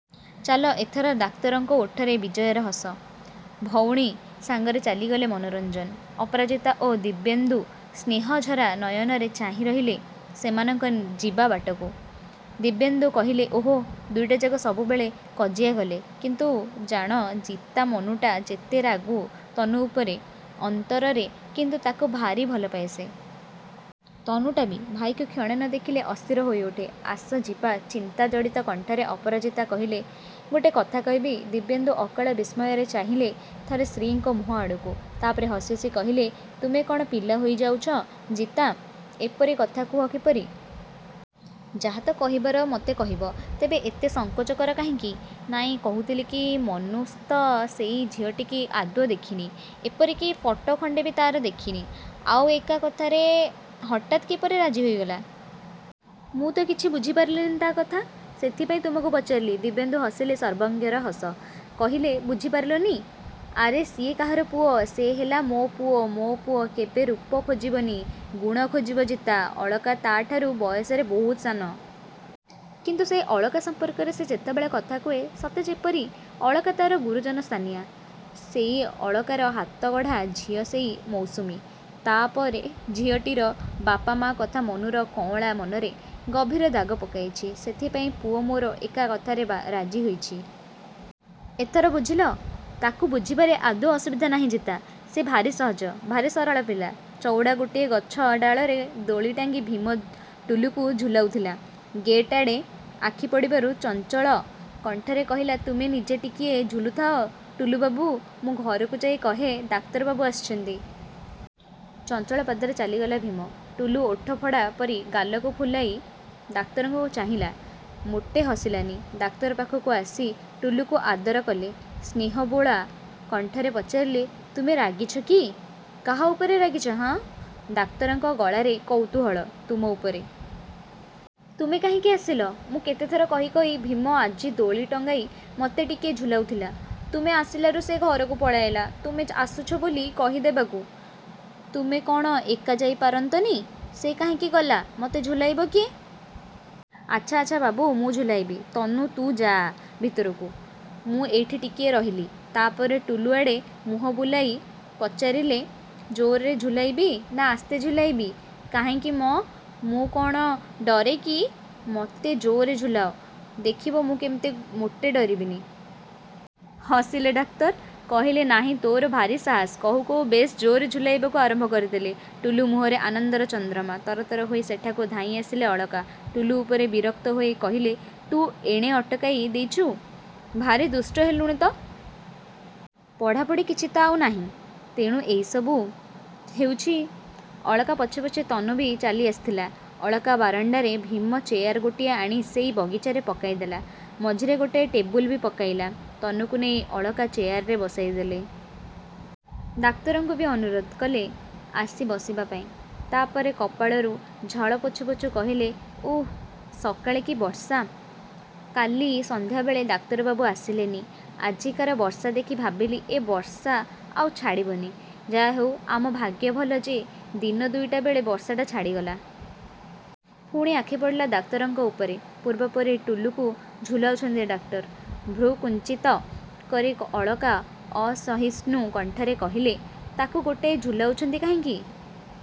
ଚାଲ ଏଥର। ଡାକ୍ତରଙ୍କ ଓଠରେ ବିଜୟର ହସ। ଭଉଣୀ ସାଙ୍ଗରେ ଚାଲିଗଲେ ମନୋରଞ୍ଜନ। ଅପରାଜିତା ଓ ଦିବ୍ୟେନ୍ଦୁ ସ୍ନେହଝରା ନୟନରେ ଚାହିଁ ରହିଲେ ସେମାନଙ୍କ ଯିବା ବାଟକୁ। ଦିବ୍ୟେନ୍ଦୁ କହିଲେ ଓହୋଃ, ଦୁଇଟାଯାକ ସବୁବେଳେ କଜିଆ କଲେ। କିନ୍ତୁ ଜାଣ ଜିତା, ମନୁଟା ଯେତେ ରାଗୁ ତନୁ ଉପରେ, ଅନ୍ତରରେ କିନ୍ତୁ ତାକୁ ଭାରି ଭଲପାଏ ସେ। ତନୁଟା ବି। ଭାଇକୁ କ୍ଷଣେ ନଦେଖିଲେ ଅସ୍ଥିର ହୋଇଉଠେ। ଆସ ଯିବା ଚିନ୍ତାଜଡ଼ିତ କଣ୍ଠରେ ଅପରାଜିତା କହିଲେ ଗୋଟେ କଥା କହିବି? ଦିବ୍ୟେନ୍ଦୁ ଅକାଳ ବିସ୍ମୟରେ ଚାହିଁଲେ ଥରେ ସ୍ତ୍ରୀଙ୍କ ମୁହଁଆଡ଼କୁ। ତାପରେ ହସି ହସି କହିଲେ ତୁମେ କ'ଣ ପିଲା ହୋଇଯାଉଛ ଜିତା। ଏପରି କଥା କୁହ କିପରି? ଯାହା ତ କହିବାର ମତେ କହିବ। ତେବେ ଏତେ ସଙ୍କୋଚ କର କାହିଁକି? ନାଇଁ, କହୁଥିଲି କି ମନୁ ତ ସେ ଝିଅଟିକି ଆଦୌ ଦେଖିନି, ଏପରିକି ଫଟୋ ଖଣ୍ଡେ ବି ତା'ର ଦେଖିନି, ଆଉ ଏକା କଥାରେ ହଠାତ୍ କିପରି ରାଜି ହୋଇଗଲା? ମୁଁ ତ କିଛି ବୁଝିପାରିଲିନି ତା' କଥା, ସେଥିପାଇଁ ତୁମକୁ ପଚାରିଲି। ଦିବ୍ୟେନ୍ଦୁ ହସିଲେ ସର୍ବଜ୍ଞର ହସ। କହିଲେ ବୁଝିପାରିଲନି? ଆରେ ସିଏ କାହାର ପୁଅ! ସେ ହେଲା ମୋ ପୁଅ, ମୋ ପୁଅ କେବେ ରୂପ ଖୋଜିବନି, ଗୁଣ ଖୋଜିବ ଜିତା। ଅଳକା ତାଠାରୁ ବୟସରେ ବହୁତ ସାନ। କିନ୍ତୁ ସେଇ ଅଳକା ସମ୍ପର୍କରେ ସେ ଯେତେବେଳେ କଥା କୁହେ, ସତେଯେପରି ଅଳକା ତା'ର ଗୁରୁଜନ ସ୍ଥାନୀୟା। ସେଇ ଅଳକାର ହାତଗଢ଼ା ଝିଅ ସେଇ ମୌସୁମୀ। ତା'ପରେ ଝିଅଟିର ବାପମାଆ କଥା ମନୁର କଅଁଳା ମନରେ ଗଭୀର ଦାଗ ପକାଇଛି। ସେଥିପାଇଁ ପୁଅ ମୋର ଏକା କଥାରେ ବା ରାଜି ହୋଇଛି। ଏଥର ବୁଝିଲ? ତାକୁ ବୁଝିବାରେ ଆଦୌ ଅସୁବିଧା ନାହିଁ ଜିତା। ସେ ଭାରି ସହଜ, ଭାରି ସରଳ ପିଲା। ଚଉଡ଼ା ଗୋଟିଏ ଗଛଡାଳରେ ଦୋଳି ଟାଙ୍ଗି ଭୀମ ଟୁଲୁକୁ ଝୁଲାଉଥିଲା। ଗେଟ୍ ଆଡ଼େ ଆଖିପଡ଼ିବାରୁ ଚଞ୍ଚଳ କଣ୍ଠରେ କହିଲା ତୁମେ ନିଜେ ଟିକିଏ ଝୁଲୁଥାଅ ଟୁଲୁବାବୁ, ମୁଁ ଘରକୁ ଯାଇ କହେ ଡାକ୍ତରବାବୁ ଆସିଛନ୍ତି। ଚଞ୍ଚଳ ପାଦରେ ଚାଲିଗଲା ଭୀମ। ଟୁଲୁ ଓଠ ଫଡ଼ା ପରି ଗାଲକୁ ଫୁଲାଇ ଡାକ୍ତରଙ୍କୁ ଚାହିଁଲା, ମୋଟେ ହସିଲାନି। ଡାକ୍ତର ପାଖକୁ ଆସି ଟୁଲୁକୁ ଆଦର କଲେ। ସ୍ନେହବୋଳା କଣ୍ଠରେ ପଚାରିଲେ, ତୁମେ ରାଗିଛ କି? କାହା ଉପରେ ରାଗିଛ ହଁ? ଡାକ୍ତରଙ୍କ ଗଳାରେ କୌତୂହଳ। ତୁମ ଉପରେ। ତୁମେ କାହିଁକି ଆସିଲ? ମୁଁ କେତେଥର କହି କହି ଭୀମ ଆଜି ଦୋଳି ଟଙ୍ଗାଇ ମୋତେ ଟିକିଏ ଝୁଲାଉଥିଲା। ତୁମେ ଆସିଲାରୁ ସେ ଘରକୁ ପଳାଇଲା ତୁମେ ଆସୁଛ ବୋଲି କହିଦେବାକୁ। ତୁମେ କ'ଣ ଏକା ଯାଇପାରନ୍ତନି? ସେ କାହିଁକି ଗଲା? ମତେ ଝୁଲାଇବ କିଏ? ଆଚ୍ଛା ଆଚ୍ଛା ବାବୁ ମୁଁ ଝୁଲାଇବି। ତନୁ ତୁ ଯାଆ ଭିତରକୁ, ମୁଁ ଏଇଠି ଟିକିଏ ରହିଲି। ତାପରେ ଟୁଲୁଆଡ଼େ ମୁହଁ ବୁଲାଇ ପଚାରିଲେ ଜୋରରେ ଝୁଲାଇବି, ନା ଆସ୍ତେ ଝୁଲାଇବି? କାହିଁକି ମଁ, ମୁଁ କ'ଣ ଡରେକି। ମୋତେ ଜୋରରେ ଝୁଲାଅ। ଦେଖିବ ମୁଁ କେମିତି ମୋଟେ ଡରିବିନି। ହସିଲେ ଡାକ୍ତର। କହିଲେ ନାହିଁ ତୋର ଭାରି ସାହସ। କହୁ କହୁ ବେଶ୍ ଜୋରରେ ଝୁଲାଇବାକୁ ଆରମ୍ଭ କରିଦେଲେ। ଟୁଲୁ ମୁହଁରେ ଆନନ୍ଦର ଚନ୍ଦ୍ରମା। ତରତର ହୋଇ ସେଠାକୁ ଧାଇଁଆସିଲେ ଅଳକା। ଟୁଲୁ ଉପରେ ବିରକ୍ତ ହୋଇ କହିଲେ ତୁ ଏଣେ ଅଟକାଇ ଦେଇଛୁ? ଭାରି ଦୁଷ୍ଟ ହେଲୁଣି ତ। ପଢ଼ାପଢ଼ି କିଛି ତ ଆଉ ନାହିଁ। ତେଣୁ ଏଇସବୁ ହେଉଛି। ଅଳକା ପଛେ ପଛେ ତନୁ ବି ଚାଲିଆସିଥିଲା। ଅଳକା ବରାଣ୍ଡାରେ ଭୀମ ଚେୟାର ଗୋଟିଏ ଆଣି ସେଇ ବଗିଚାରେ ପକାଇଦେଲା। ମଝିରେ ଗୋଟାଏ ଟେବୁଲ୍ ବି ପକାଇଲା। ତନୁକୁ ନେଇ ଅଳକା ଚେୟାରରେ ବସାଇଦେଲେ। ଡାକ୍ତରଙ୍କୁ ବି ଅନୁରୋଧ କଲେ ଆସି ବସିବାପାଇଁ। ତାପରେ କପାଳରୁ ଝାଳ ପୋଛୁ ପୋଛୁ କହିଲେ ଉଃ, ସକାଳେ ବି ବର୍ଷା! କାଲି ସନ୍ଧ୍ୟାବେଳେ ଡାକ୍ତରବାବୁ ଆସିଲେନି। ଆଜିକାର ବର୍ଷା ଦେଖି ଭାବିଲି ଏ ବର୍ଷା ଆଉ ଛାଡ଼ିବନି। ଯାହାହେଉ ଆମ ଭାଗ୍ୟ ଭଲ ଯେ ଦିନ ଦୁଇଟାବେଳେ ବର୍ଷାଟା ଛାଡ଼ିଗଲା। ପୁଣି ଆଖିପଡ଼ିଲା ଡାକ୍ତରଙ୍କ ଉପରେ। ପୂର୍ବ ପରି ଟୁଲୁକୁ ଝୁଲାଉଛନ୍ତି ଡାକ୍ତର। ଭ୍ରୂକୁଞ୍ଚିତ କରି ଅଳକା ଅସହିଷ୍ଣୁ କଣ୍ଠରେ କହିଲେ ତାକୁ ଗୋଟାଏ ଝୁଲାଉଛନ୍ତି କାହିଁକି?